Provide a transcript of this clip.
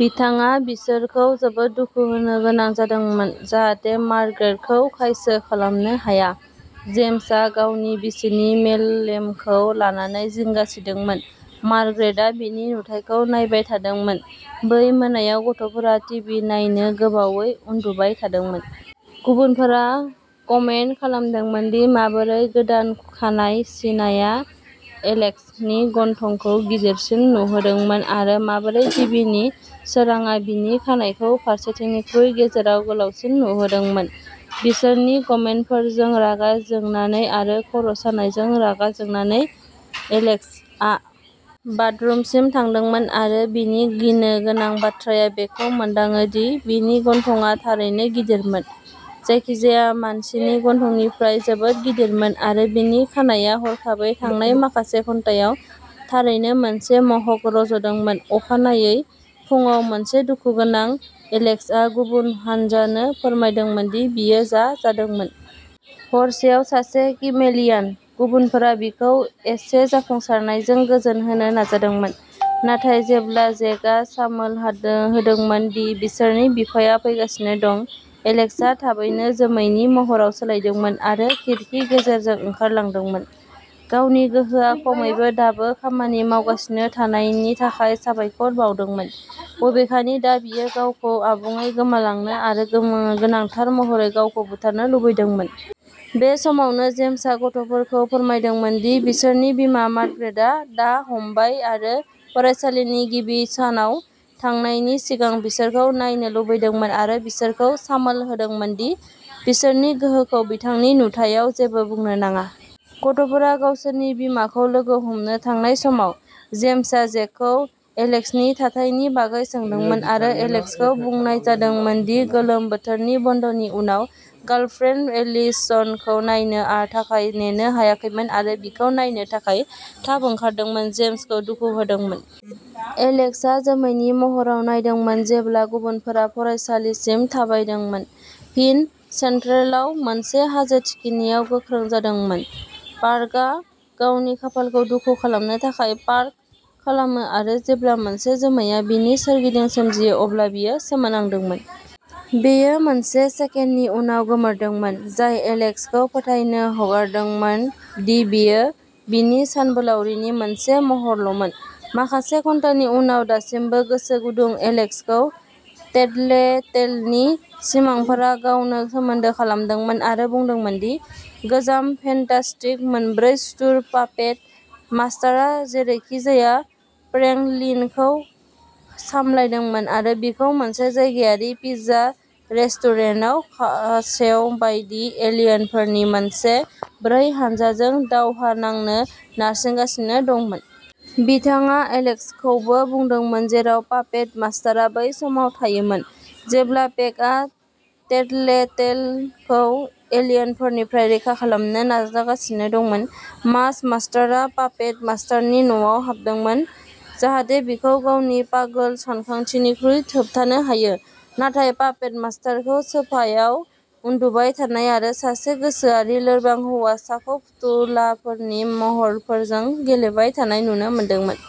बिथाङा बिसोरखौ जोबोद दुखु होनो गोनां जादोंमोन जाहाथे मार्ग्रेट खौ खायसो खालामनो हाया। जेम्स आ गावनि बिसिनि मेलेमखौ लानानै जिंगा सिदोंमोन, मार्ग्रेट आ बिनि नुथायखौ नायबाय थादोंमोन। बै मोनायाव गथ'फोरा टिभि नायनो गोबावै उन्दुबाय थादोंमोन। गुबुनफोरा कमेन्त खालामदोंमोन दि माबोरै गोदान खानाय सिनाया एलेक्स नि गन्थंखौ गिदिरसिन नुहोदोंमोन आरो माबोरै टिभिनि सोरांआ बिनि खानाइखौ फारसेथिंनिख्रुइ गेजेराव गोलावसिन नुहोदोंमोन। बिसोरनि कमेन्तफोरजों रागा जोंनानै आरो खर'सानायजों रागा जोंनानै, एलेक्स आ बाथरुमसिम थांदोंमोन आरो बिनि गिनो गोनां बाथ्राया बेखौ मोनदाङो दि बिनि गन्थंआ थारैनो गिदिरमोन जायखिजाया मानसिनि गन्थंनिफ्राय जोबोद गिदिरमोन आरो बिनि खानाइया हरखाबै थांनाय माखासे घन्टायाव थारैनो मोनसे मह'क रज'दोंमोन अखानायै फुंआव मोनसे दुखुगोनां एलेक्स आ गुबुन हानजानो फोरमायदोंमोन दि बियो जा जादोंमोन। हरसेआव सासे किमेलियान। गुबुनफोरा बिखौ एसे जाफुंसारनायजों गोजोन होनो नाजादोंमोन, नाथाय जेब्ला जेकआ सामोल होदोंमोन दि बिसोरनि बिफाया फैगासिनो दं एलेक्स आ थाबैनो जोमैनि महराव सोलायदोंमोन आरो खिरखि गेजेरजों ओंखारलांदोंमोन, गावनि गोहोआ खमैबो दाबो खामानि मावगासिनो थानायनि थाखाय साबायखर बावदोंमोन, बबेखानि दा बियो गावखौ आबुङै गोमालांनो आरो गोनांथार महरै गावखौ बुथारनो लुबैदोंमोन। बे समावनो जेम्स आ गथ'फोरखौ फोरमायदोंमोन दि बिसोरनि बिमा मार्ग्रेट आ दा हामबाय आरो फरायसालिनि गिबि सानाव थांनायनि सिगां बिसोरखौ नायनो लुबैदोंमोन आरो बिसोरखौ सामोल होदोंमोन दि बिसोरनि गोहोखौ बिथांनि नुथायाव जेबो बुंनो नाङा। गथ'फोरा गावसोरनि बिमाखौ लोगो हमनो थांनाय समाव, जेम्स आ जेकखौ एलेक्स नि थाथायनि बागै सोंदोंमोन आरो एलेक्स खौ बुंनाय जादोंमोन दि गोलोम बोथोरनि बन्द'नि उनाव गार्लफ्रेन्ड एलिसनखौ नायनो थाखाय नेनो हायाखैमोन आरो बिखौ नायनो थाखाय थाब ओंखारदोंमोन, जेम्स खौ दुखु होदोंमोन। एलेक्स आ जोमैनि महराव नायदोंमोन जेब्ला गुबुनफोरा फरायसालिसिम थाबायदोंमोन, फिन सेन्ट्रेलआव मोनसे हाजो थिखिनियाव गोख्रों जादोंमोन। पार्कआ गावनि खाफालखौ दुखु खालामनो थाखाय पार्क खालामो आरो जेब्ला मोनसे जोमैआ बिनि सोरगिदिं सोमजियो अब्ला बियो सोमोनांदोंमोन। बेयो मोनसे सेकेन्डनि उनाव गोमोरदोंमोन, जाय एलेक्स खौ फोथायनो हगारदोंमोन दि बेयो बिनि सानबोलावरिनि मोनसे महरल'मोन। माखासे घन्टानि उनाव दासिमबो गोसो गुदुं एलेक्स खौ टेटलेटेलनि सिमांफोरा गावनो सोमोन्दो खालामदोंमोन आरो बुंदोंमोन दि गोजाम फेन्टास्टिक मोनब्रै सुथुर पापेट मास्टारआ जेरैखिजाया फ्रेंकलिनखौ सामलायदोंमोन आरो बिखौ मोनसे जायगायारि पिज्जा रेस्टुरेन्टआव खासेव बायदि एलियनफोरनि मोनसे ब्रै हानजाजों दावहा नांनो नारसिनगासिनो दंमोन। बिथाङा एलेक्स खौबो बुंदोंमोन जेराव पापेट मास्टारआ बै समाव थायोमोन। जेब्ला पेकआ टेटलेटेलखौ एलियनफोरनिफ्राय रैखा खालामनो नाजागासिनो दंमोन, मास मास्टार आ पापेट मास्टारनि न'आव हाबदोंमोन जाहाथे बिखौ गावनि पागल सानथांखिनिफ्राय होबथानो हायो, नाथाय पापेट मास्टारखौ सोफायाव उन्दुबाय थानाय आरो सासे गोसोआरि लोरबां हौवासाखौ फुथुलाफोरनि महरफोरजों गेलेबाय थानाय नुनो मोनदोंमोन।